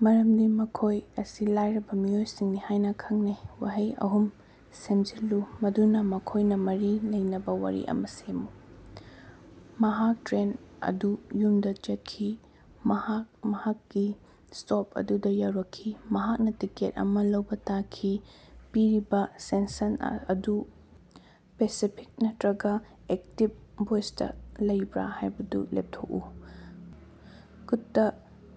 ꯃꯔꯝꯗꯤ ꯃꯈꯣꯏ ꯑꯁꯤ ꯂꯥꯏꯔꯕ ꯃꯤꯑꯣꯏꯁꯤꯡꯅꯤ ꯍꯥꯏꯅ ꯈꯪꯅꯩ꯫ ꯋꯥꯍꯩ ꯑꯍꯨꯝ ꯁꯦꯝꯖꯤꯜꯂꯨ ꯃꯗꯨꯅ ꯃꯈꯣꯏꯅ ꯃꯔꯤ ꯂꯩꯅꯕ ꯋꯥꯔꯤ ꯑꯃꯥ ꯁꯦꯝꯃꯨ꯫ ꯃꯍꯥꯛ ꯇ꯭ꯔꯦꯟ ꯑꯗꯨ ꯌꯨꯝꯗ ꯆꯠꯈꯤ꯫ ꯃꯍꯥꯛ ꯃꯍꯥꯛꯀꯤ ꯁ꯭ꯇꯣꯞ ꯑꯗꯨꯗꯥ ꯌꯧꯔꯛꯈꯤ꯫ ꯃꯍꯥꯛꯅ ꯇꯤꯀꯦꯠ ꯑꯃꯥ ꯂꯧꯕ ꯇꯥꯈꯤ꯫ ꯄꯤꯔꯤꯕꯥ ꯁꯦꯟꯁꯟ ꯑꯗꯨ ꯄꯦꯁꯤꯐꯤꯛ ꯅꯠꯇꯔꯒ ꯑꯦꯛꯇꯤꯕ ꯚꯣꯏꯁꯇ ꯂꯩꯕ꯭ꯔꯥ ꯍꯥꯏꯕꯗꯨ ꯂꯦꯞꯊꯣꯛꯎ꯫ ꯀꯨꯠꯇ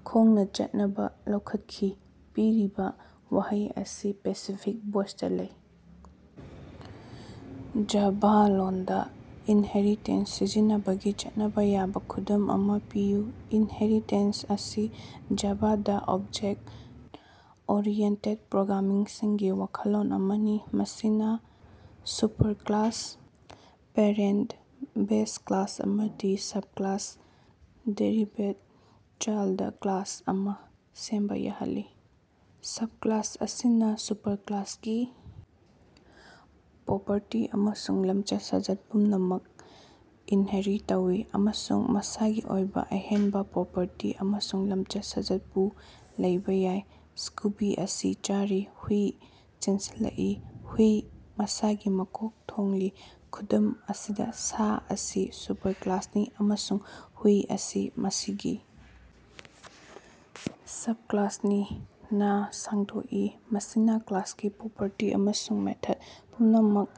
ꯈꯣꯡꯅ ꯆꯠꯅꯕ ꯂꯧꯈꯠꯈꯤ꯫ ꯄꯤꯔꯤꯕꯥ ꯋꯥꯍꯩ ꯑꯁꯤ ꯄꯦꯁꯤꯐꯤꯛ ꯚꯣꯏꯁꯇ ꯂꯩ꯫। ꯖꯥꯚꯥ ꯂꯣꯟꯗ ꯏꯟꯍꯦꯔꯤꯇꯦꯁꯟ ꯁꯤꯖꯤꯟꯅꯕꯒꯤ ꯆꯠꯅꯕ ꯌꯥꯕ ꯈꯨꯗꯝ ꯑꯃꯥ ꯄꯤꯌꯨ꯫ ꯏꯟꯍꯦꯔꯤꯇꯦꯁꯟ ꯑꯁꯤ ꯖꯥꯚꯥꯗ ꯑꯣꯞꯖ‌ꯦꯛ ꯑꯣꯔꯤꯌ‌ꯦꯟꯇ‌ꯦꯠ ꯄ꯭ꯔ‌ꯣꯒ꯭ꯔꯥꯝꯃꯤꯡꯒꯤ ꯋꯥꯈꯜꯂꯣꯟ ꯑꯃꯅꯤ, ꯃꯁꯤꯅ ꯁꯨꯄꯔꯀꯂꯥꯁ ꯄꯦꯔꯦꯟꯇ ꯕꯦꯖ ꯀ꯭ꯂꯥꯁ ꯑꯃꯗꯒꯤ ꯁꯕꯀꯂꯥꯁ ꯗꯦꯔꯤꯕꯦꯗ ꯆꯥꯏꯜꯗ ꯀ꯭ꯂꯥꯁ ꯑꯃꯥ ꯁꯦꯝꯕ ꯌꯥꯍꯜꯂꯤ꯫ ꯁꯕꯀꯂꯥꯁ ꯑꯁꯤꯅ ꯁꯨꯄꯔꯀꯂꯥꯁꯀꯤ ꯄ꯭ꯔꯣꯄꯔꯇꯤ ꯑꯃꯁꯨꯡ ꯂꯝꯆꯠ-ꯁꯥꯖꯠ ꯄꯨꯝꯅꯃꯛ ꯏꯟꯍꯦꯔꯤ ꯇꯧꯏ, ꯑꯃꯁꯨꯡ ꯃꯁꯥꯒꯤ ꯑꯣꯏꯕ ꯑꯍꯦꯟꯕ ꯄ꯭ꯔꯣꯄꯔꯇꯤ ꯑꯃꯁꯨꯡ ꯂꯝꯆꯠ-ꯁꯥꯖꯠꯁꯨ ꯂꯩꯕꯥ ꯌꯥꯏ꯫ ꯁ꯭ꯀꯨꯕꯤ ꯑꯁꯤ ꯆꯥꯔꯤ꯫ ꯍꯨꯏ ꯆꯦꯟꯁꯤꯜꯂꯛꯏ꯫ ꯍꯨꯏ ꯃꯁꯥꯒꯤ ꯃꯀꯣꯛ ꯊꯣꯡꯂꯤ꯫ ꯈꯨꯗꯝ ꯑꯁꯤꯗ, ꯁꯥ ꯑꯁꯤ ꯁꯨꯄꯔꯀꯂꯥꯁꯅꯤ, ꯑꯃꯁꯨꯡ ꯍꯨꯏ ꯑꯁꯤ ꯃꯁꯤꯒꯤ ꯁꯕꯀꯂꯥꯁꯅꯤ꯫ ꯅꯥ ꯁꯥꯡꯗꯣꯛꯏ, ꯃꯁꯤꯅ ꯀ꯭ꯂꯥꯁꯀꯤ ꯄ꯭ꯔꯣꯄꯔꯇꯤ ꯑꯃꯁꯨꯡ ꯃꯦꯊꯠ ꯄꯨꯝꯅꯃꯛ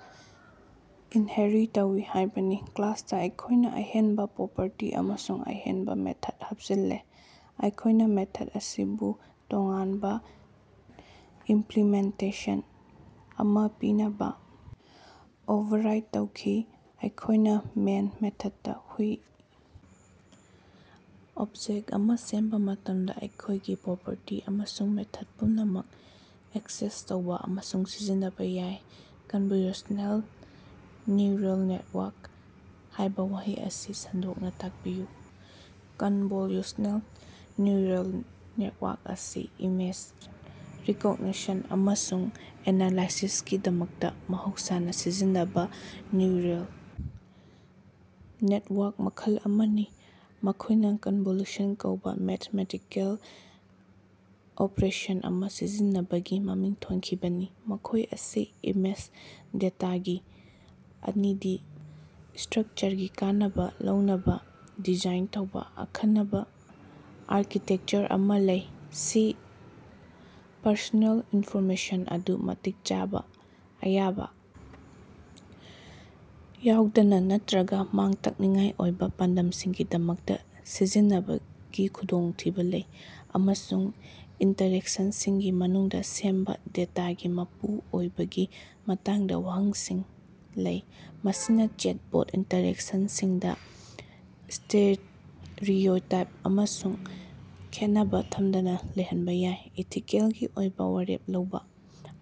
ꯏꯟꯍꯦꯔꯤ ꯇꯧꯏ ꯍꯥꯏꯕꯅꯤ꯫ ꯀ꯭ꯂꯥꯁꯇ, ꯑꯩꯈꯣꯏꯅ ꯑꯍꯦꯟꯕ ꯄ꯭ꯔꯣꯄꯔꯇꯤ ꯑꯃꯁꯨꯡ ꯑꯍꯦꯟꯕ ꯃꯦꯊꯠ ꯍꯥꯞꯆꯤꯜꯂꯦ꯫ ꯑꯩꯈꯣꯏꯅ ꯃꯦꯊꯠ ꯑꯁꯤꯁꯨ ꯇꯣꯉꯥꯟꯕ ꯏꯝꯄꯂꯤꯃꯦꯟꯇꯦꯁꯟ ꯑꯃꯥ ꯄꯤꯅꯕ ꯑꯣꯚꯔꯔꯥꯏꯗ ꯇꯧꯈ꯭ꯔꯦ꯫ ꯑꯩꯈꯣꯏꯅ ꯃꯦꯟ ꯃꯦꯊꯗꯇꯥ ꯍꯨꯏ ꯑꯣꯕꯖꯦꯛ ꯑꯃ ꯁꯦꯝꯕ ꯃꯇꯝꯗ, ꯑꯩꯈꯣꯏꯒꯤ ꯄ꯭ꯔꯣꯄꯔꯇꯤ ꯑꯃꯁꯨꯡ ꯃꯦꯊꯗ ꯄꯨꯝꯅꯃꯛ ꯑꯦꯛꯁꯦꯁ ꯇꯧꯕ ꯑꯃꯁꯨꯡ ꯁꯤꯖꯤꯟꯅꯕ ꯌꯥꯏ꯫ ꯀꯟꯚꯜꯌꯨꯁꯅꯦꯜ ꯅ꯭ꯌꯨꯔꯜ ꯅꯦꯇꯋꯥꯔꯛ ꯍꯥꯏꯕ ꯋꯥꯍꯩ ꯑꯁꯤ ꯁꯟꯗꯣꯛꯅ ꯇꯥꯛꯄꯤꯌꯨ꯫ ꯀꯟꯚꯣꯂꯌꯨꯁꯅꯦꯜ ꯅ꯭ꯌꯨꯔꯜ ꯅꯦꯇꯋꯥꯔꯛ ꯑꯁꯤ ꯏꯃꯦꯖ ꯔꯤꯀꯣꯒꯅꯤꯁꯟ ꯑꯃꯁꯨꯡ ꯑꯦꯅꯥꯂꯥꯏꯁꯤꯁꯀꯤꯗꯃꯛꯇ ꯃꯍꯧꯁꯥꯅ ꯁꯤꯖꯤꯟꯅꯕ ꯅ꯭ꯌꯨꯔꯜ ꯅꯦꯇꯋꯥꯔꯛ ꯃꯈꯜ ꯑꯃꯅꯤ꯫ ꯃꯈꯣꯏꯅ ꯀꯟꯚꯣꯂꯨꯁꯟ ꯀꯧꯕ ꯃꯦꯊꯃꯦꯇꯤꯀꯦꯜ ꯑꯣꯄꯔꯦꯁꯟ ꯑꯃꯥ ꯁꯤꯖꯤꯟꯅꯕꯒꯤ ꯃꯃꯤꯡ ꯊꯣꯟꯈꯤꯕꯅꯤ, ꯃꯈꯣꯏ ꯑꯁꯤ ꯏꯃꯦꯖ ꯗꯦꯇꯥꯒꯤ ꯑꯅꯤꯗꯤ ꯁ꯭ꯇꯔꯀꯆꯔꯒꯤ ꯀꯥꯟꯅꯕ ꯂꯧꯅꯕ ꯗꯤꯖꯥꯏꯟ ꯇꯧꯕ ꯑꯈꯟꯅꯕ ꯑꯥꯔꯀꯤꯇꯦꯛꯆꯔ ꯑꯃꯥ ꯂꯩ꯫ ꯁꯤ ꯄꯔꯁꯣꯅꯦꯜ ꯏꯟꯐꯣꯔꯃꯦꯁꯟ ꯑꯗꯨ ꯃꯇꯤꯛ ꯆꯥꯕ ꯑꯌꯥꯕ ꯌꯥꯎꯗꯅ ꯅꯠꯇꯔꯒ ꯃꯥꯡ-ꯇꯥꯛꯅꯤꯡꯉꯥꯏ ꯑꯣꯏꯕ ꯄꯥꯟꯗꯝꯁꯤꯡꯒꯤꯗꯃꯛꯇ ꯁꯤꯖꯤꯟꯅꯕꯒꯤ ꯈꯨꯗꯣꯡꯊꯤꯕ ꯂꯩ, ꯑꯃꯁꯨꯡ ꯏꯟꯇꯔꯦꯛꯁꯟꯁꯤꯡꯒꯤ ꯃꯅꯨꯡꯗ ꯁꯦꯝꯕ ꯗꯦꯇꯥꯒꯤ ꯃꯄꯨꯡ ꯑꯣꯏꯕꯒꯤ ꯃꯇꯥꯡꯗ ꯋꯥꯍꯪꯁꯤꯡ ꯂꯩ꯫ ꯃꯁꯤꯅ ꯆꯦꯠꯕꯣꯠ ꯏꯟꯇꯔꯦꯛꯁꯟꯁꯤꯡꯗ ꯁ꯭ꯇꯦꯔꯤꯑꯣꯇꯥꯏꯞ ꯑꯃꯁꯨꯡ ꯈꯦꯠꯅꯕ ꯊꯝꯗꯅ ꯂꯩꯍꯟꯕ ꯌꯥꯏ꯫ ꯏꯊꯤꯀꯦꯜꯒꯤ ꯑꯣꯏꯕ ꯋꯥꯔꯦꯞ ꯂꯧꯕꯥ: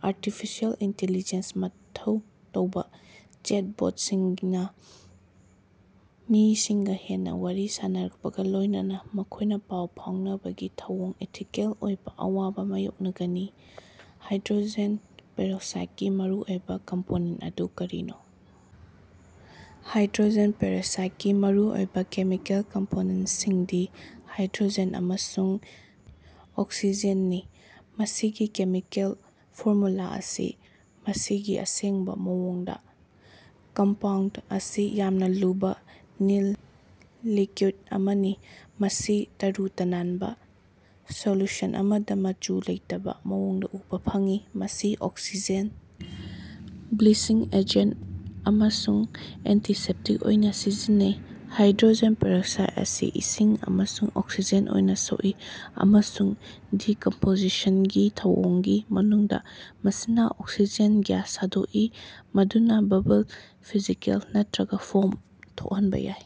ꯑꯥꯔꯇꯤꯐꯤꯁꯤꯑꯦꯜ ꯏꯟꯇ‌ꯦꯂꯤꯖ‌ꯦꯟꯁ ꯃꯊꯧ ꯇꯧꯕ ꯆꯦꯠꯕꯣꯠꯁꯤꯡꯅ ꯃꯤꯁꯤꯡꯒ ꯍꯦꯟꯅ ꯋꯥꯔꯤ ꯁꯥꯅꯔꯛꯄꯒ ꯂꯣꯏꯅꯅ ꯃꯈꯣꯏꯅ ꯄꯥꯎ ꯐꯥꯎꯅꯕꯒꯤ ꯊꯧꯑꯣꯡꯗ ꯏꯊꯤꯀꯦꯜꯒꯤ ꯑꯣꯏꯕ ꯑꯋꯥꯕ ꯃꯥꯌꯣꯛꯅꯒꯅꯤ꯫ ꯍꯥꯏꯗ꯭ꯔꯣꯖꯦꯟ ꯄꯦꯔꯣꯛꯁꯥꯏꯠꯀꯤ ꯃꯔꯨꯑꯣꯏꯕ ꯀꯝꯄꯣꯅꯦꯟ ꯑꯗꯨ ꯀꯔꯤꯅꯣ? ꯍꯥꯏꯗ꯭ꯔꯣꯖꯦꯟ ꯄꯦꯔꯣꯛꯁꯥꯏꯗꯀꯤ ꯃꯔꯨꯑꯣꯏꯕ ꯀꯦꯃꯤꯀꯦꯜ ꯀꯝꯄꯣꯅꯦꯟꯁꯤꯡꯗꯤ ꯍꯥꯏꯗ꯭ꯔꯣꯖꯦꯟ ꯑꯃꯁꯨꯡ ꯑꯣꯛꯁꯤꯖꯦꯟꯅꯤ, ꯃꯁꯤꯒꯤ ꯀꯦꯃꯤꯀꯦꯜ ꯐꯣꯔꯃꯨꯂꯥ ꯑꯁꯤ ꯃꯁꯤꯒꯤ ꯑꯁꯦꯡꯕ ꯃꯑꯣꯡꯗ, ꯀꯝꯄꯥꯎꯟꯠ ꯑꯁꯤ ꯌꯥꯝꯅ ꯂꯨꯕ ꯅꯤꯜ ꯂꯤꯀ꯭ꯌꯨꯏꯠ ꯑꯃꯅꯤ, ꯃꯁꯤ ꯇꯔꯨ-ꯇꯅꯥꯟꯕ ꯁꯣꯂ꯭ꯌꯨꯁꯟ ꯑꯃꯗ ꯃꯆꯨ ꯂꯩꯇꯕ ꯃꯑꯣꯡꯗ ꯎꯕ ꯐꯪꯏ꯫ ꯃꯁꯤ ꯑꯣꯛꯁꯤꯖꯦꯟ, ꯕ꯭ꯂꯤꯆꯤꯡ ꯑꯦꯖꯦꯟ ꯑꯃꯁꯨꯡ ꯑꯦꯟꯇꯤꯁꯦꯞꯇꯤꯛ ꯑꯣꯏꯅ ꯁꯤꯖꯤꯟꯅꯩ꯫ ꯍꯥꯏꯗ꯭ꯔꯣꯖꯦꯟ ꯄꯦꯔꯣꯛꯁꯥꯏꯠ ꯑꯁꯤ ꯏꯁꯤꯡ ꯑꯃꯁꯨꯡ ꯑꯣꯛꯁꯤꯖꯦꯟ ꯑꯣꯏꯅ ꯁꯣꯛꯏ, ꯑꯃꯁꯨꯡ ꯗꯤꯀꯝꯄꯁꯤꯁꯟꯒꯤ ꯊꯧꯑꯣꯡꯒꯤ ꯃꯅꯨꯡꯗ, ꯃꯁꯤꯅ ꯑꯣꯛꯁꯤꯖꯦꯟ ꯒ꯭ꯌꯥꯁ ꯊꯥꯗꯣꯛꯏ ꯃꯗꯨꯅ ꯕꯕꯜ, ꯐꯤꯖꯤꯀꯦꯜ ꯅꯠꯇꯔꯒ ꯐꯣꯝ ꯊꯣꯛꯍꯟꯕ ꯌꯥꯏ꯫